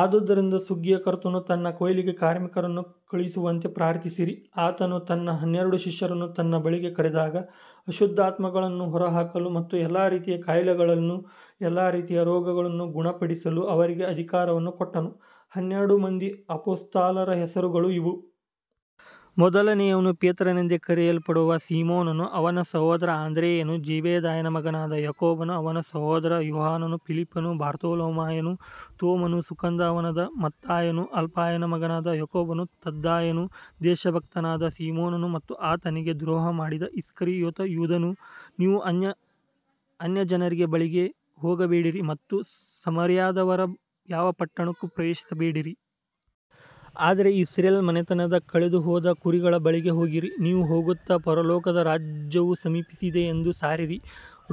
ಆದುದರಿಂದ ಸುಗ್ಗಿಯ ಕರ್ತನು ತನ್ನ ಕೊಯ್ಲಿಗೆ ಕಾರ್ಮಿಕರನ್ನು ಕಳುಹಿಸುವಂತೆ ಪ್ರಾರ್ಥಿಸಿರಿ. ಆತನು ತನ್ನ ಹನ್ನೆರಡು ಶಿಷ್ಯರನ್ನು ತನ್ನ ಬಳಿಗೆ ಕರೆದಾಗ, ಅಶುದ್ಧಾತ್ಮಗಳನ್ನು ಹೊರಹಾಕಲು ಮತ್ತು ಎಲ್ಲಾ ರೀತಿಯ ಕಾಯಿಲೆಗಳನ್ನೂ ಎಲ್ಲಾ ರೀತಿಯ ರೋಗಗಳನ್ನೂ ಗುಣಪಡಿಸಲು ಅವರಿಗೆ ಅಧಿಕಾರವನ್ನು ಕೊಟ್ಟನು. ಹನ್ನೆರಡು ಮಂದಿ ಅಪೊಸ್ತಲರ ಹೆಸರುಗಳು ಇವು. ಮೊದಲನೆಯವನು ಪೇತ್ರನೆಂದು ಕರೆಯಲ್ಪಡುವ ಸೀಮೋನನು, ಅವನ ಸಹೋದರ ಅಂದ್ರೆಯನು, ಜೆಬೆದಾಯನ ಮಗನಾದ ಯಾಕೋಬನು, ಅವನ ಸಹೋದರ ಯೋಹಾನನು, ಫಿಲಿಪ್ಪನು, ಬಾರ್ತೊಲೊಮಾಯನು, ತೋಮನು, ಸುಂಕದವನಾದ ಮತ್ತಾಯನು, ಅಲ್ಫಾಯನ ಮಗನಾದ ಯಾಕೋಬನು, ತದ್ದಾಯನು, ದೇಶಭಕ್ತನಾದ ಸೀಮೋನನು ಮತ್ತು ಆತನಿಗೆ ದ್ರೋಹ ಮಾಡಿದ ಇಸ್ಕರಿಯೋತ ಯೂದನು. ನೀವು ಅನ್ಯಜನರ ಬಳಿಗೆ ಹೋಗಬೇಡಿರಿ ಮತ್ತು ಸಮಾರ್ಯದವರ ಯಾವ ಪಟ್ಟಣಕ್ಕೂ ಪ್ರವೇಶಿಸಬೇಡಿರಿ. ಆದರೆ ಇಸ್ರಾಯೇಲ್ ಮನೆತನದ ಕಳೆದುಹೋದ ಕುರಿಗಳ ಬಳಿಗೆ ಹೋಗಿರಿ. ನೀವು ಹೋಗುತ್ತಾ, ಪರಲೋಕದ ರಾಜ್ಯವು ಸಮೀಪಿಸಿದೆ ಎಂದು ಸಾರಿರಿ.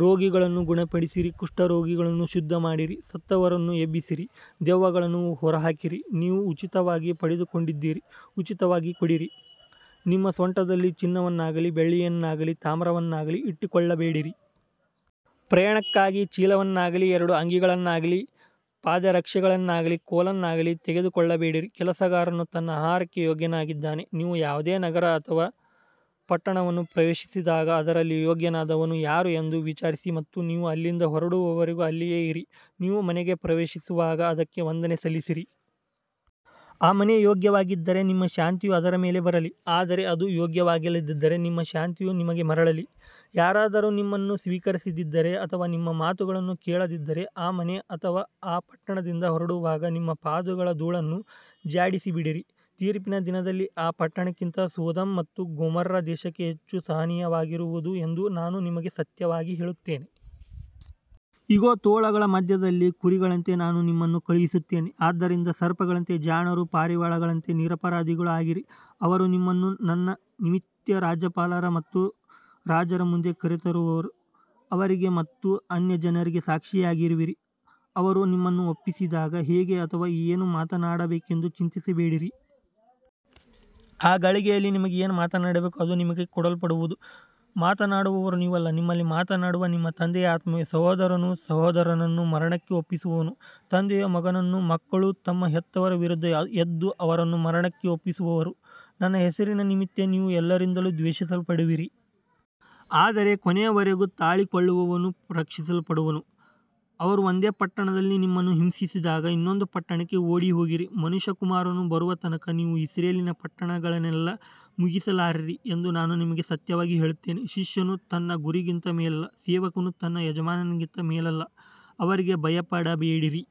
ರೋಗಿಗಳನ್ನು ಗುಣಪಡಿಸಿರಿ, ಕುಷ್ಠರೋಗಿಗಳನ್ನು ಶುದ್ಧಮಾಡಿರಿ, ಸತ್ತವರನ್ನು ಎಬ್ಬಿಸಿರಿ, ದೆವ್ವಗಳನ್ನು ಹೊರಹಾಕಿರಿ. ನೀವು ಉಚಿತವಾಗಿ ಪಡೆದುಕೊಂಡಿದ್ದೀರಿ, ಉಚಿತವಾಗಿ ಕೊಡಿರಿ. ನಿಮ್ಮ ಸೊಂಟದಲ್ಲಿ ಚಿನ್ನವನ್ನಾಗಲಿ ಬೆಳ್ಳಿಯನ್ನಾಗಲಿ ತಾಮ್ರವನ್ನಾಗಲಿ ಇಟ್ಟುಕೊಳ್ಳಬೇಡಿರಿ. ಪ್ರಯಾಣಕ್ಕಾಗಿ ಚೀಲವನ್ನಾಗಲಿ ಎರಡು ಅಂಗಿಗಳನ್ನಾಗಲಿ ಪಾದರಕ್ಷೆಗಳನ್ನಾಗಲಿ ಕೋಲನ್ನಾಗಲಿ ತೆಗೆದುಕೊಳ್ಳಬೇಡಿರಿ. ಕೆಲಸಗಾರನು ತನ್ನ ಆಹಾರಕ್ಕೆ ಯೋಗ್ಯನಾಗಿದ್ದಾನೆ. ನೀವು ಯಾವುದೇ ನಗರ ಅಥವಾ ಪಟ್ಟಣವನ್ನು ಪ್ರವೇಶಿಸಿದಾಗ, ಅದರಲ್ಲಿ ಯೋಗ್ಯನಾದವನು ಯಾರು ಎಂದು ವಿಚಾರಿಸಿ ಮತ್ತು ನೀವು ಅಲ್ಲಿಂದ ಹೊರಡುವವರೆಗೂ ಅಲ್ಲಿಯೇ ಇರಿ. ನೀವು ಮನೆಗೆ ಪ್ರವೇಶಿಸುವಾಗ ಅದಕ್ಕೆ ವಂದನೆ ಸಲ್ಲಿಸಿರಿ. ಆ ಮನೆ ಯೋಗ್ಯವಾಗಿದ್ದರೆ ನಿಮ್ಮ ಶಾಂತಿಯು ಅದರ ಮೇಲೆ ಬರಲಿ. ಆದರೆ ಅದು ಯೋಗ್ಯವಾಗಿಲ್ಲದಿದ್ದರೆ ನಿಮ್ಮ ಶಾಂತಿಯು ನಿಮಗೆ ಮರಳಲಿ. ಯಾರಾದರೂ ನಿಮ್ಮನ್ನು ಸ್ವೀಕರಿಸದಿದ್ದರೆ ಅಥವಾ ನಿಮ್ಮ ಮಾತುಗಳನ್ನು ಕೇಳದಿದ್ದರೆ, ಆ ಮನೆ ಅಥವಾ ಆ ಪಟ್ಟಣದಿಂದ ಹೊರಡುವಾಗ ನಿಮ್ಮ ಪಾದಗಳ ಧೂಳನ್ನು ಝಾಡಿಸಿಬಿಡಿರಿ. ತೀರ್ಪಿನ ದಿನದಲ್ಲಿ ಆ ಪಟ್ಟಣಕ್ಕಿಂತ ಸೊದೋಮ್ ಮತ್ತು ಗೊಮೊರ್ರಾ ದೇಶಕ್ಕೆ ಹೆಚ್ಚು ಸಹನೀಯವಾಗಿರುವುದು ಎಂದು ನಾನು ನಿಮಗೆ ಸತ್ಯವಾಗಿ ಹೇಳುತ್ತೇನೆ. ಇಗೋ, ತೋಳಗಳ ಮಧ್ಯದಲ್ಲಿ ಕುರಿಗಳಂತೆ ನಾನು ನಿಮ್ಮನ್ನು ಕಳುಹಿಸುತ್ತೇನೆ. ಆದ್ದರಿಂದ ಸರ್ಪಗಳಂತೆ ಜಾಣರೂ ಪಾರಿವಾಳಗಳಂತೆ ನಿರಪರಾಧಿಗಳೂ ಆಗಿರಿ. ಅವರು ನಿಮ್ಮನ್ನು ನನ್ನ ನಿಮಿತ್ತ ರಾಜ್ಯಪಾಲರ ಮತ್ತು ರಾಜರ ಮುಂದೆ ಕರೆತರುವರು. ಅವರಿಗೆ ಮತ್ತು ಅನ್ಯಜನರಿಗೆ ಸಾಕ್ಷಿಯಾಗಿರುವಿರಿ. ಅವರು ನಿಮ್ಮನ್ನು ಒಪ್ಪಿಸಿದಾಗ, ಹೇಗೆ ಅಥವಾ ಏನು ಮಾತನಾಡಬೇಕೆಂದು ಚಿಂತಿಸಬೇಡಿರಿ. ಆ ಗಳಿಗೆಯಲ್ಲಿ ನಿಮಗೆ ಏನು ಮಾತನಾಡಬೇಕೋ ಅದು ನಿಮಗೆ ಕೊಡಲ್ಪಡುವುದು. ಮಾತನಾಡುವವರು ನೀವಲ್ಲ, ನಿಮ್ಮಲ್ಲಿ ಮಾತನಾಡುವ ನಿಮ್ಮ ತಂದೆಯ ಆತ್ಮವೇ. ಸಹೋದರನು ಸಹೋದರನನ್ನು ಮರಣಕ್ಕೆ ಒಪ್ಪಿಸುವನು, ತಂದೆಯು ಮಗನನ್ನೂ, ಮಕ್ಕಳು ತಮ್ಮ ಹೆತ್ತವರ ವಿರುದ್ಧ ಎದ್ದು ಅವರನ್ನು ಮರಣಕ್ಕೆ ಒಪ್ಪಿಸುವರು. ನನ್ನ ಹೆಸರಿನ ನಿಮಿತ್ತ ನೀವು ಎಲ್ಲರಿಂದಲೂ ದ್ವೇಷಿಸಲ್ಪಡುವಿರಿ. ಆದರೆ ಕೊನೆಯವರೆಗೂ ತಾಳಿಕೊಳ್ಳುವವನು ರಕ್ಷಿಸಲ್ಪಡುವನು. ಅವರು ಒಂದು ಪಟ್ಟಣದಲ್ಲಿ ನಿಮ್ಮನ್ನು ಹಿಂಸಿಸಿದಾಗ ಇನ್ನೊಂದು ಪಟ್ಟಣಕ್ಕೆ ಓಡಿಹೋಗಿರಿ. ಮನುಷ್ಯಕುಮಾರನು ಬರುವ ತನಕ ನೀವು ಇಸ್ರಾಯೇಲಿನ ಪಟ್ಟಣಗಳನ್ನೆಲ್ಲಾ ಮುಗಿಸಲಾರಿರಿ ಎಂದು ನಾನು ನಿಮಗೆ ಸತ್ಯವಾಗಿ ಹೇಳುತ್ತೇನೆ. ಶಿಷ್ಯನು ತನ್ನ ಗುರುಗಿಂತ ಮೇಲಲ್ಲ, ಸೇವಕನು ತನ್ನ ಯಜಮಾನನಿಗಿಂತ ಮೇಲಲ್ಲ. ಅವರಿಗೆ ಭಯಪಡಬೇಡಿರಿ.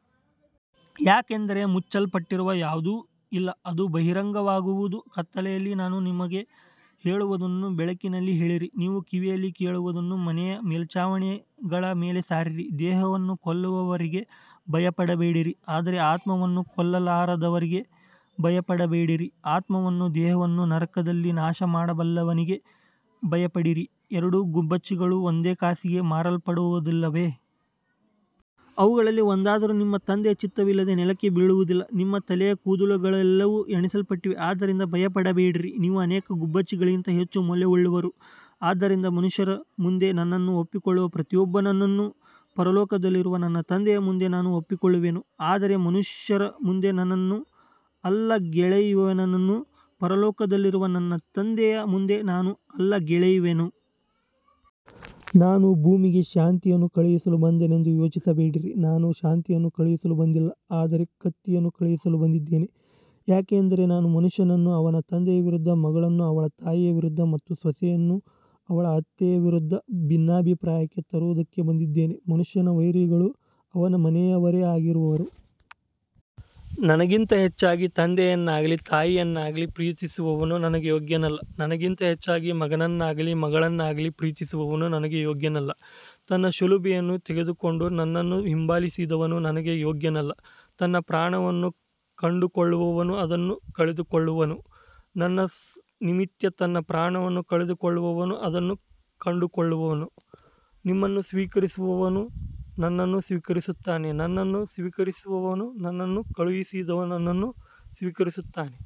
ಯಾಕಂದರೆ ಮುಚ್ಚಿಡಲ್ಪಟ್ಟಿರುವ ಯಾವುದೂ ಇಲ್ಲ, ಅದು ಬಹಿರಂಗವಾಗುವುದು. ಕತ್ತಲೆಯಲ್ಲಿ ನಾನು ನಿಮಗೆ ಹೇಳುವುದನ್ನು ಬೆಳಕಿನಲ್ಲಿ ಹೇಳಿರಿ. ನೀವು ಕಿವಿಯಲ್ಲಿ ಕೇಳುವುದನ್ನು ಮನೆಯ ಮೇಲ್ಛಾವಣಿಗಳ ಮೇಲೆ ಸಾರಿರಿ. ದೇಹವನ್ನು ಕೊಲ್ಲುವವರಿಗೆ ಭಯಪಡಬೇಡಿರಿ, ಆದರೆ ಆತ್ಮವನ್ನು ಕೊಲ್ಲಲಾರದವರಿಗೆ ಭಯಪಡಬೇಡಿರಿ. ಆತ್ಮವನ್ನೂ ದೇಹವನ್ನೂ ನರಕದಲ್ಲಿ ನಾಶಮಾಡಬಲ್ಲವನಿಗೆ ಭಯಪಡಿರಿ. ಎರಡು ಗುಬ್ಬಚ್ಚಿಗಳು ಒಂದು ಕಾಸಿಗೆ ಮಾರಲ್ಪಡುವುದಿಲ್ಲವೇ? ಅವುಗಳಲ್ಲಿ ಒಂದಾದರೂ ನಿಮ್ಮ ತಂದೆಯ ಚಿತ್ತವಿಲ್ಲದೆ ನೆಲಕ್ಕೆ ಬೀಳುವುದಿಲ್ಲ. ನಿಮ್ಮ ತಲೆಯ ಕೂದಲುಗಳೆಲ್ಲವೂ ಎಣಿಸಲ್ಪಟ್ಟಿವೆ. ಆದ್ದರಿಂದ ಭಯಪಡಬೇಡಿರಿ. ನೀವು ಅನೇಕ ಗುಬ್ಬಚ್ಚಿಗಳಿಗಿಂತ ಹೆಚ್ಚು ಮೌಲ್ಯವುಳ್ಳವರು. ಆದ್ದರಿಂದ ಮನುಷ್ಯರ ಮುಂದೆ ನನ್ನನ್ನು ಒಪ್ಪಿಕೊಳ್ಳುವ ಪ್ರತಿಯೊಬ್ಬನನ್ನೂ ಪರಲೋಕದಲ್ಲಿರುವ ನನ್ನ ತಂದೆಯ ಮುಂದೆ ನಾನೂ ಒಪ್ಪಿಕೊಳ್ಳುವೆನು. ಆದರೆ ಮನುಷ್ಯರ ಮುಂದೆ ನನ್ನನ್ನು ಅಲ್ಲಗಳೆಯುವವನನ್ನು ಪರಲೋಕದಲ್ಲಿರುವ ನನ್ನ ತಂದೆಯ ಮುಂದೆ ನಾನೂ ಅಲ್ಲಗಳೆಯುವೆನು. ನಾನು ಭೂಮಿಗೆ ಶಾಂತಿಯನ್ನು ಕಳುಹಿಸಲು ಬಂದೆನೆಂದು ಯೋಚಿಸಬೇಡಿರಿ. ನಾನು ಶಾಂತಿಯನ್ನು ಕಳುಹಿಸಲು ಬಂದಿಲ್ಲ, ಆದರೆ ಕತ್ತಿಯನ್ನು ಕಳುಹಿಸಲು ಬಂದಿದ್ದೇನೆ. ಯಾಕಂದರೆ ನಾನು ಮನುಷ್ಯನನ್ನು ಅವನ ತಂದೆಯ ವಿರುದ್ಧ, ಮಗಳನ್ನು ಅವಳ ತಾಯಿಯ ವಿರುದ್ಧ ಮತ್ತು ಸೊಸೆಯನ್ನು ಅವಳ ಅತ್ತೆಯ ವಿರುದ್ಧ ಭಿನ್ನಾಭಿಪ್ರಾಯಕ್ಕೆ ತರುವುದಕ್ಕೆ ಬಂದಿದ್ದೇನೆ. ಮನುಷ್ಯನ ವೈರಿಗಳು ಅವನ ಮನೆಯವರೇ ಆಗಿರುವರು. ನನಗಿಂತ ಹೆಚ್ಚಾಗಿ ತಂದೆಯನ್ನಾಗಲಿ ತಾಯಿಯನ್ನಾಗಲಿ ಪ್ರೀತಿಸುವವನು ನನಗೆ ಯೋಗ್ಯನಲ್ಲ. ನನಗಿಂತ ಹೆಚ್ಚಾಗಿ ಮಗನನ್ನಾಗಲಿ ಮಗಳನ್ನಾಗಲಿ ಪ್ರೀತಿಸುವವನು ನನಗೆ ಯೋಗ್ಯನಲ್ಲ. ತನ್ನ ಶಿಲುಬೆಯನ್ನು ತೆಗೆದುಕೊಂಡು ನನ್ನನ್ನು ಹಿಂಬಾಲಿಸದವನು ನನಗೆ ಯೋಗ್ಯನಲ್ಲ. ತನ್ನ ಪ್ರಾಣವನ್ನು ಕಂಡುಕೊಳ್ಳುವವನು ಅದನ್ನು ಕಳೆದುಕೊಳ್ಳುವನು. ನನ್ನ ನಿಮಿತ್ತ ತನ್ನ ಪ್ರಾಣವನ್ನು ಕಳೆದುಕೊಳ್ಳುವವನು ಅದನ್ನು ಕಂಡುಕೊಳ್ಳುವನು. ನಿಮ್ಮನ್ನು ಸ್ವೀಕರಿಸುವವನು ನನ್ನನ್ನು ಸ್ವೀಕರಿಸುತ್ತಾನೆ. ನನ್ನನ್ನು ಸ್ವೀಕರಿಸುವವನು ನನ್ನನ್ನು ಕಳುಹಿಸಿದವನನ್ನು ಸ್ವೀಕರಿಸುತ್ತಾನೆ.